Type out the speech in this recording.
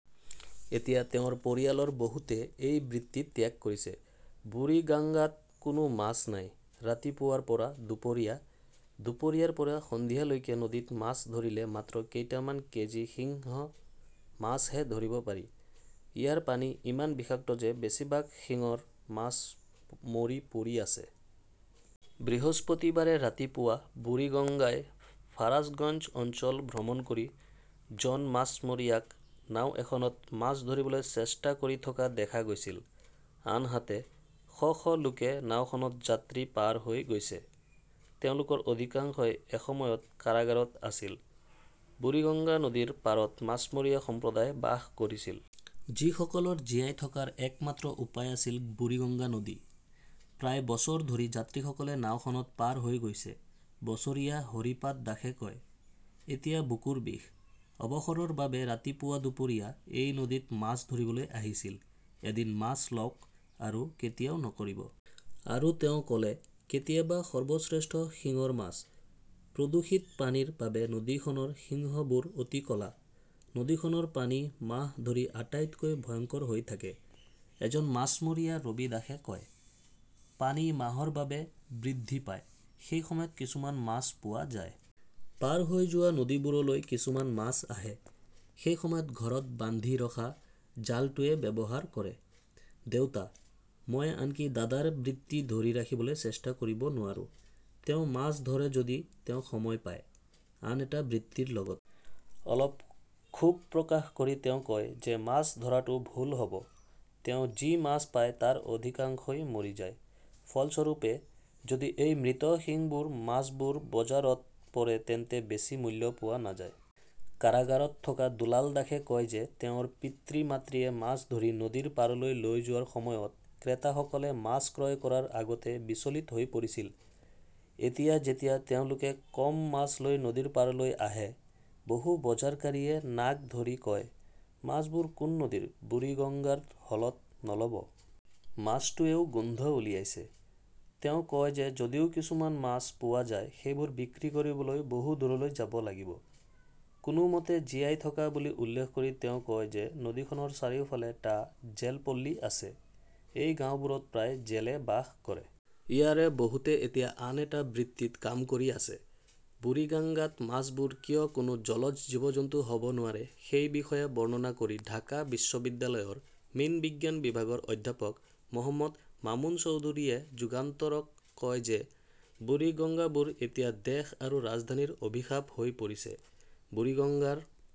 এতিয়া তেওঁৰ পৰিয়ালৰ বহুতে এই বৃত্তি ত্যাগ কৰিছে। বুৰিগাংগাত কোনো মাছ নাই, ৰাতিপুৱাৰ পৰা দুপৰীয়া, দুপৰীয়াৰ পৰা সন্ধিয়ালৈকে নদীত মাছ ধৰিলে মাত্ৰ কেইটামান কেজি সিংহ মাছহে ধৰিব পাৰি। ইয়াৰ পানী ইমান বিষাক্ত যে বেছিভাগ শিংৰ মাছ মৰি পৰি আছে। বৃহস্পতিবাৰে ৰাতিপুৱা বুৰিগংগাই ফাৰাছগঞ্জ অঞ্চল ভ্ৰমণ কৰি জন মাছমৰীয়াক নাও এখনত মাছ ধৰিবলৈ চেষ্টা কৰি থকা দেখা গৈছিল। আনহাতে, শ শ লোকে নাওখনত যাত্ৰী পাৰ হৈ গৈছে। তেওঁলোকৰ অধিকাংশই এসময়ত কাৰাগাৰত আছিল। বুৰিগঙ্গা নদীৰ পাৰত মাছমৰীয়া সম্প্ৰদায় বাস কৰিছিল। যিসকলৰ জীয়াই থকাৰ একমাত্ৰ উপায় আছিল বুৰিগঙ্গা নদী। প্ৰায় বছৰ ধৰি যাত্ৰীসকলে নাওখনত পাৰ হৈ গৈছে, বছৰীয়া হৰিপাদ দাসে কয়। এতিয়া বুকুৰ বিষ। অৱসৰৰ বাবে ৰাতিপুৱা-দুপৰীয়া এই নদীত মাছ ধৰিবলৈ আহিছিল। এদিন মাছ লওক, আৰু কেতিয়াও নকৰিব। আৰু তেওঁ ক "লে," কেতিয়াবা সৰ্বশ্ৰেষ্ঠ শিংৰ মাছ। " প্ৰদূষিত পানীৰ বাবে নদীখনৰ সিংহবোৰ অতি ক 'লা। নদীখনৰ পানী মাহ ধৰি আটাইতকৈ ভয়ংকৰ হৈ থাকে, এজন মাছমৰীয়া ৰবি দাসে কয়। পানী মাহৰ বাবে বৃদ্ধি পায়, সেই সময়ত কিছুমান মাছ পোৱা যায়। পাৰ হৈ যোৱা নদীবোৰলৈ কিছুমান মাছ আহে। সেই সময়ত ঘৰত বান্ধি ৰখা জালটোৱে ব্যৱহাৰ কৰে। দেউতা, মই আনকি দাদাৰ বৃত্তি ধৰি ৰাখিবলৈ চেষ্টা কৰিব নোৱাৰোঁ। তেওঁ মাছ ধৰে যদি তেওঁ সময় পায়, আন এটা বৃত্তিৰ লগতে। অলপ ক্ষোভ প্ৰকাশ কৰি তেওঁ কয় যে মাছ ধৰাটো ভুল হ "ব, তেওঁ যি মাছ পায় তাৰ অধিকাংশই মৰি যায়। ফলস্বৰূপে, যদি এই মৃত শিংবোৰ মাছবোৰ বজাৰত পৰে তেন্তে বেছি মূল্য পোৱা নাযায়। কাৰাগাৰত থকা দুলাল দাসে কয় যে তেওঁৰ পিতৃ-মাতৃয়ে মাছ ধৰি নদীৰ পাৰলৈ লৈ যোৱাৰ সময়ত ক্ৰেতাসকলে মাছ ক্ৰয় কৰাৰ আগতে বিচলিত হৈ পৰিছিল। এতিয়া যেতিয়া তেওঁলোকে কম মাছ লৈ নদীৰ পাৰলৈ আহে, বহু বজাৰকাৰীয়ে নাক ধৰি কয়, 'মাছবোৰ কোন নদীৰ, বুৰিগঙ্গাৰ হলত নল' ব। মাছটোৱেও গোন্ধ উলিয়াইছে। "তেওঁ কয় যে যদিও কিছুমান মাছ পোৱা যায়, সেইবোৰ বিক্ৰী কৰিবলৈ বহু দূৰলৈ যাব লাগিব। কোনোমতে জীয়াই থকা বুলি উল্লেখ কৰি তেওঁ কয় যে নদীখনৰ চাৰিওফালে টা জেলপল্লী আছে। এই গাওঁবোৰত প্ৰায় জেলে বাস কৰে। ইয়াৰে বহুতে এতিয়া আন এটা বৃত্তিত কাম কৰি আছে। বুৰিগাংগাত মাছবোৰ কিয় কোনো জলজ জীৱ-জন্তু হ "ব নোৱাৰে সেই বিষয়ে বৰ্ণনা কৰি ঢাকা বিশ্ববিদ্যালয়ৰ মীন বিজ্ঞান বিভাগৰ অধ্যাপক মহম্মদ মামুন চৌধুৰীয়ে যুগান্তৰক কয় যে বুৰিগংগাবোৰ এতিয়া দেশ আৰু ৰাজধানীৰ অভিশাপ হৈ পৰিছে। বুৰিগঙ্গাৰ